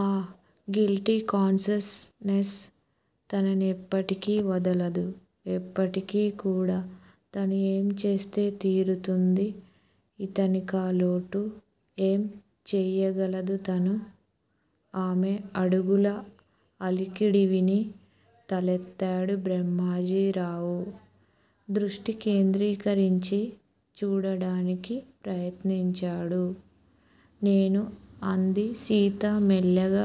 ఆ guilty consciousness తనని ఎప్పటికీ వదలదు! ఎప్పటికీ కూడా! తను ఏం చేస్తే తీరుతుంది ఇతనికా లోటు. ఏం చెయ్యగలదుతను? ఆమె అడుగుల అలికిడి విని తలెత్తాడు బ్రహ్మాజీరావు. దృష్టి కేంద్రీకరించి చూడడానికి ప్రయత్నించాడు. నేను అంది సీత మెల్లగా.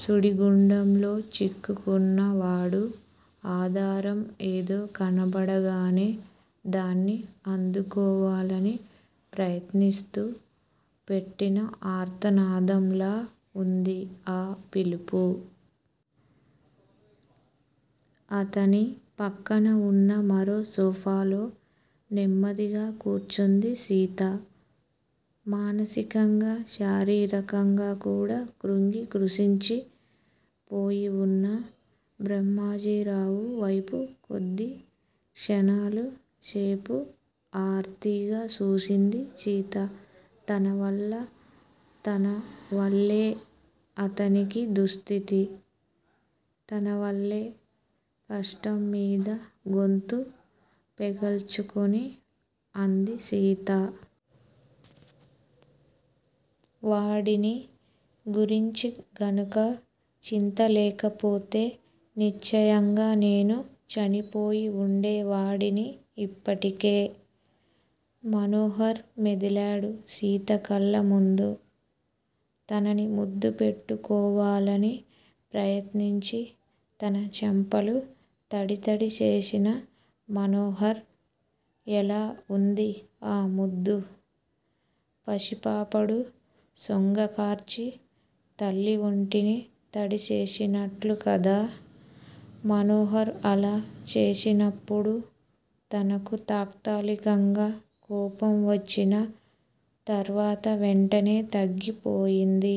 సుడిగుండంలో చిక్కుకున్న వాడు ఆధారం ఏదో కనబడగానే దాన్ని అందుకోవాలని ప్రయత్నిస్తూ పెట్టిన ఆర్తనాదంలా వుంది ఆ పిలుపు! అతని పక్కన వున్న మరో సోఫాలో నెమ్మదిగా కూర్చుంది సీత. మానసికంగా, శారీరకంగా కూడా క్రుంగి కృశించి పోయివున్న బ్రహ్మాజీరావు వైపు కొద్ది క్షణాల సేపు ఆర్తిగా చూసింది సీత. తన వల్ల తనవల్లే అతనికీ దుస్థితి! తనవల్లే! కష్టంమీద గొంతు పెగల్చుకుని అంది సీత. వాడిని గురించిగనక చింత లేకపోతే, నిశ్చయంగా నేను చనిపోయి ఉండే వాడిని ఇప్పటికే! మనోహర్ మెదిలాడు సీతకళ్ళ ముందు, తనని ముద్దుపెట్టుకోవాలని ప్రయత్నించి తన చెంపలు తడితడి వేసిన మనోహర్. ఎలా ఉంది ఆ ముద్దు? పసిపాపడు చొంగకార్చి తల్లి ఒంటిని తడిచేసినట్లుకదా? మనోహర్ అలా చేసినప్పుడు తనకు తాత్కాలికంగా కోపం వచ్చినా తర్వాత వెంటనే తగ్గిపోయింది.